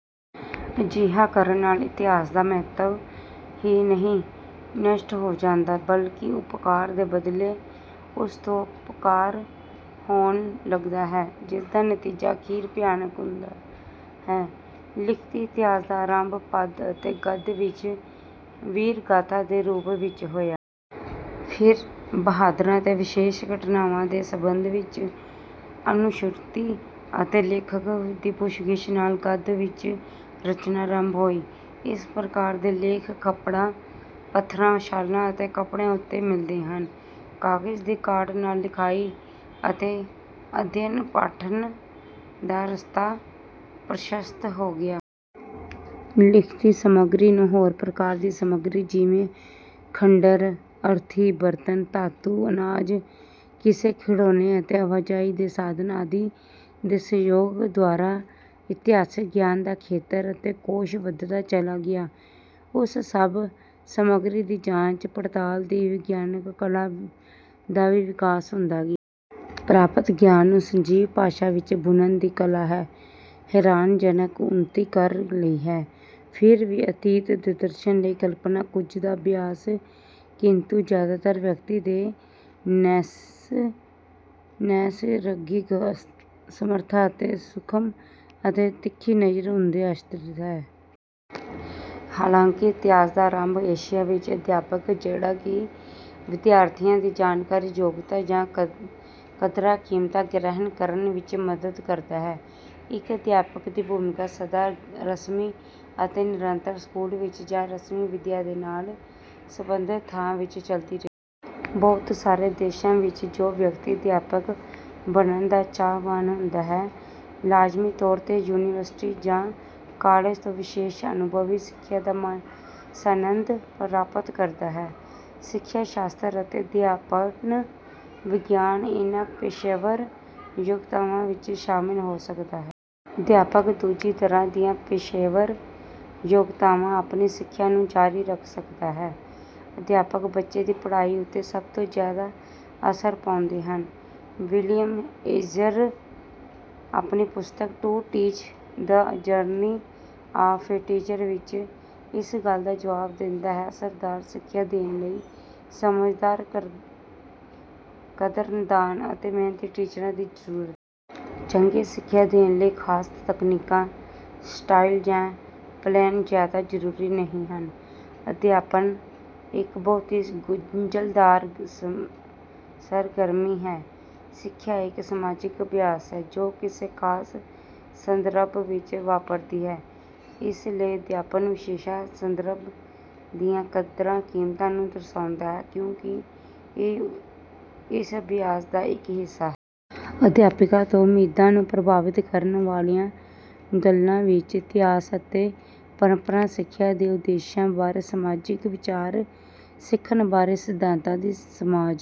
ਅਜਿਹਾ ਕਰਨ ਨਾਲ ਇਤਿਹਾਸ ਦਾ ਮਹੱਤਵ ਹੀ ਨਹੀਂ ਨਸ਼ਟ ਹੋ ਜਾਂਦਾ, ਬਲਕਿ ਉਪਕਾਰ ਦੇ ਬਦਲੇ ਉਸ ਤੋਂ ਅਪਕਾਰ ਹੋਣ ਲੱਗਦਾ ਹੈ ਜਿਸਦਾ ਨਤੀਜਾ ਅਖੀਰ ਭਿਆਨਕ ਹੁੰਦਾ ਹੈ। ਲਿਖਤੀ ਇਤਿਹਾਸ ਦਾ ਆਰੰਭ ਪਦ ਅਤੇ ਗਦ ਵਿੱਚ ਵੀਰਗਾਥਾ ਦੇ ਰੂਪ ਵਿੱਚ ਹੋਇਆ। ਫਿਰ ਬਹਾਦਰਾਂ ਅਤੇ ਵਿਸ਼ੇਸ਼ ਘਟਨਾਵਾਂ ਦੇ ਸੰਬੰਧ ਵਿੱਚ ਅਨੁਸ਼ਰੁਤੀ ਅਤੇ ਲੇਖਕ ਦੀ ਪੁੱਛਗਿਛ ਨਾਲ ਗਦ ਵਿੱਚ ਰਚਨਾ ਅਰੰਭ ਹੋਈ। ਇਸ ਪ੍ਰਕਾਰ ਦੇ ਲੇਖ ਖਪੜਾਂ, ਪੱਥਰਾਂ, ਛਾਲਾਂ ਅਤੇ ਕੱਪੜਿਆਂ ਉੱਤੇ ਮਿਲਦੇ ਹਨ। ਕਾਗਜ ਦੀ ਕਾਢ ਨਾਲ ਲਿਖਾਈ ਅਤੇ ਅਧਿਅਨ ਪਾਠਨ ਦਾ ਰਸਤਾ ਪ੍ਰਸ਼ਸਤ ਹੋ ਗਿਆ। ਲਿਖਤੀ ਸਾਮਗਰੀ ਨੂੰ ਹੋਰ ਪ੍ਰਕਾਰ ਦੀ ਸਾਮਗਰੀ ਜਿਵੇਂ ਖੰਡਰ, ਅਰਥੀ, ਬਰਤਨ, ਧਾਤੂ, ਅਨਾਜ, ਸਿੱਕੇ, ਖਿਡੌਣੇ ਅਤੇ ਆਵਾਜਾਈ ਦੇ ਸਾਧਨਾਂ ਆਦਿ ਦੇ ਸਹਿਯੋਗ ਦੁਆਰਾ ਇਤਿਹਾਸਿਕ ਗਿਆਨ ਦਾ ਖੇਤਰ ਅਤੇ ਕੋਸ਼ ਵਧਦਾ ਚਲਾ ਗਿਆ। ਉਸ ਸਭ ਸਾਮਗਰੀ ਦੀ ਜਾਂਚ ਪੜਤਾਲ ਦੀ ਵਿਗਿਆਨਕ ਕਲਾ ਦਾ ਵੀ ਵਿਕਾਸ ਹੁੰਦਾ ਗਿਆ। ਪ੍ਰਾਪਤ ਗਿਆਨ ਨੂੰ ਸਜੀਵ ਭਾਸ਼ਾ ਵਿੱਚ ਬੁਣਨ ਦੀ ਕਲਾ ਨੇ ਹੈਰਾਨੀਜਨਕ ਉੱਨਤੀ ਕਰ ਲਈ ਹੈ, ਫਿਰ ਵੀ ਅਤੀਤ ਦੇ ਦਰਸ਼ਨ ਲਈ ਕਲਪਨਾ ਕੁੱਝ ਤਾਂ ਅਭਿਆਸ, ਕਿੰਤੂ ਜਿਆਦਾਤਰ ਵਿਅਕਤੀ ਦੀ ਨੈਸਰਗਿਕ ਸਮਰੱਥਾ ਅਤੇ ਸੂਖਮ ਅਤੇ ਤਿੱਖੀ ਨਜ਼ਰ ਉੱਤੇ ਆਸ਼ਰਿਤ ਹੈ। ਹਾਲਾਂਕਿ ਇਤਿਹਾਸ ਦਾ ਆਰੰਭ ਏਸ਼ੀਆ ਵਿੱਚ। ਅਧਿਆਪਕ ਜਿਹੜਾ ਕਿ ਵਿਦਿਆਰਥੀਆਂ ਦੀ ਜਾਣਕਾਰੀ, ਯੋਗਤਾ ਜਾਂ ਕਦਰਾਂ-ਕੀਮਤਾਂ ਗ੍ਰਹਿਣ ਕਰਨ ਵਿੱਚ ਮਦਦ ਕਰਦਾ ਹੈ। ਇੱਕ ਅਧਿਆਪਕ ਦੀ ਭੂਮਿਕਾ ਸਦਾ ਰਸਮੀ ਅਤੇ ਨਿਰੰਤਰ, ਸਕੂਲ ਵਿੱਚ ਜਾਂ ਰਸਮੀ ਵਿੱਦਿਆ ਦੇ ਨਾਲ ਸੰਬੰਧਤ ਥਾਂ ਵਿੱਚ ਚਲਦੀ ਰਹਿੰਦੀ ਹੈ। ਬਹੁਤ ਸਾਰੇ ਦੇਸ਼ਾਂ ਵਿੱਚ ਜੋ ਵਿਅਕਤੀ ਅਧਿਆਪਕ ਬਣਨ ਦਾ ਚਾਹਵਾਨ ਹੁੰਦਾ ਹੈ, ਲਾਜ਼ਮੀ ਤੌਰ ਤੇ ਯੂਨੀਵਰਸਿਟੀ ਜਾਂ ਕਾਲਜ ਤੋਂ ਵਿਸ਼ੇਸ਼ ਅਨੁਭਵੀ ਸਿੱਖਿਆ ਜਾਂ ਸਨਦ ਪ੍ਰਾਪਤ ਕਰਦਾ ਹੈ। ਸਿੱਖਿਆ ਸ਼ਾਸਤਰ ਅਤੇ ਅਧਿਆਪਨ ਵਿਗਿਆਨ ਇਹਨਾ ਪੇਸ਼ੇਵਰ ਯੋਗਤਾਵਾਂ ਵਿੱਚ ਸ਼ਾਮਿਲ ਹੋ ਸਕਦਾ ਹੈ। ਅਧਿਆਪਕ, ਦੂਜੀ ਤਰਾਂ ਦੀਆਂ ਪੇਸ਼ੇਵਰ ਯੋਗਤਾਵਾਂ, ਆਪਣੀ ਸਿੱਖਿਆ ਨੂੰ ਜਾਰੀ ਰਖ ਸਕਦਾ ਹੈ। ਅਧਿਆਪਕ ਬੱਚੇ ਦੀ ਪੜ੍ਹਾਈ ਉੱਤੇ ਸਭ ਤੋਂ ਜ਼ਿਆਦਾ ਅਸਰ ਪਾਉਂਦੇ ਹਨ। ਵਿਲਿਅਮ ਏਅਰਜ਼ ਆਪਣੀ ਪੁਸਤਕ to teach the journey of a teacher ਵਿਚ ਇਸ ਗੱਲ ਦਾ ਜਵਾਬ ਦਿੰਦਾ ਹੈ, ਅਸਰਦਾਰ ਸਿੱਖਿਆ ਦੇਣ ਲਈ ਸਮਝਦਾਰ, ਕਦਰਦਾਨ ਅਤੇ ਮਿਹਨਤੀ ਟੀਚਰਾਂ ਦੀ ਜ਼ਰੂਰਤ ਹੈ। ਚੰਗੀ ਸਿੱਖਿਆ ਦੇਣ ਲਈ ਖ਼ਾਸ ਤਕਨੀਕਾਂ, ਸਟਾਈਲ ਜਾਂ ਪਲੈਨ ਜ਼ਿਆਦਾ ਜ਼ਰੂਰੀ ਨਹੀਂ ਹਨ। ਅਧਿਆਪਨ ਇੱਕ ਬਹੁਤ ਹੀ ਗੁੰਝਲਦਾਰ ਸਰਗਰਮੀ ਹੈ। ਸਿੱਖਿਆ ਇਕ ਸਮਾਜਿਕ ਅਭਿਆਸ ਹੈ, ਜੋ ਕਿਸੇ ਖਾਸ ਸੰਦਰਭ ਵਿੱਚ ਵਾਪਰਦੀ ਹੈ ਅਤੇ ਇਸ ਲਈ ਅਧਿਆਪਨ ਵਿਸ਼ੇਸ਼ ਸੰਦਰਭ ਦੀਆਂ ਕਦਰਾਂ-ਕੀਮਤਾਂ ਨੂੰ ਦਰਸਾਉਂਦਾ ਹੈ ਕਿਉਂਕਿ ਇਹ ਇਸ ਅਭਿਆਸ ਦਾ ਇੱਕ ਹਿੱਸਾ ਹੈ। ਅਧਿਆਪਕਾਂ ਤੋਂ ਉਮੀਦਾਂ ਨੂੰ ਪ੍ਰਭਾਵਿਤ ਕਰਨ ਵਾਲੀਆਂ ਗੱਲਾਂ ਵਿੱਚ ਇਤਿਹਾਸ ਅਤੇ ਪਰੰਪਰਾ, ਸਿੱਖਿਆ ਦੇ ਉਦੇਸ਼ਾਂ ਬਾਰੇ ਸਮਾਜਿਕ ਵਿਚਾਰ, ਸਿੱਖਣ ਬਾਰੇ ਸਿਧਾਂਤਾਂ ਦੀ ਸਮਾਜ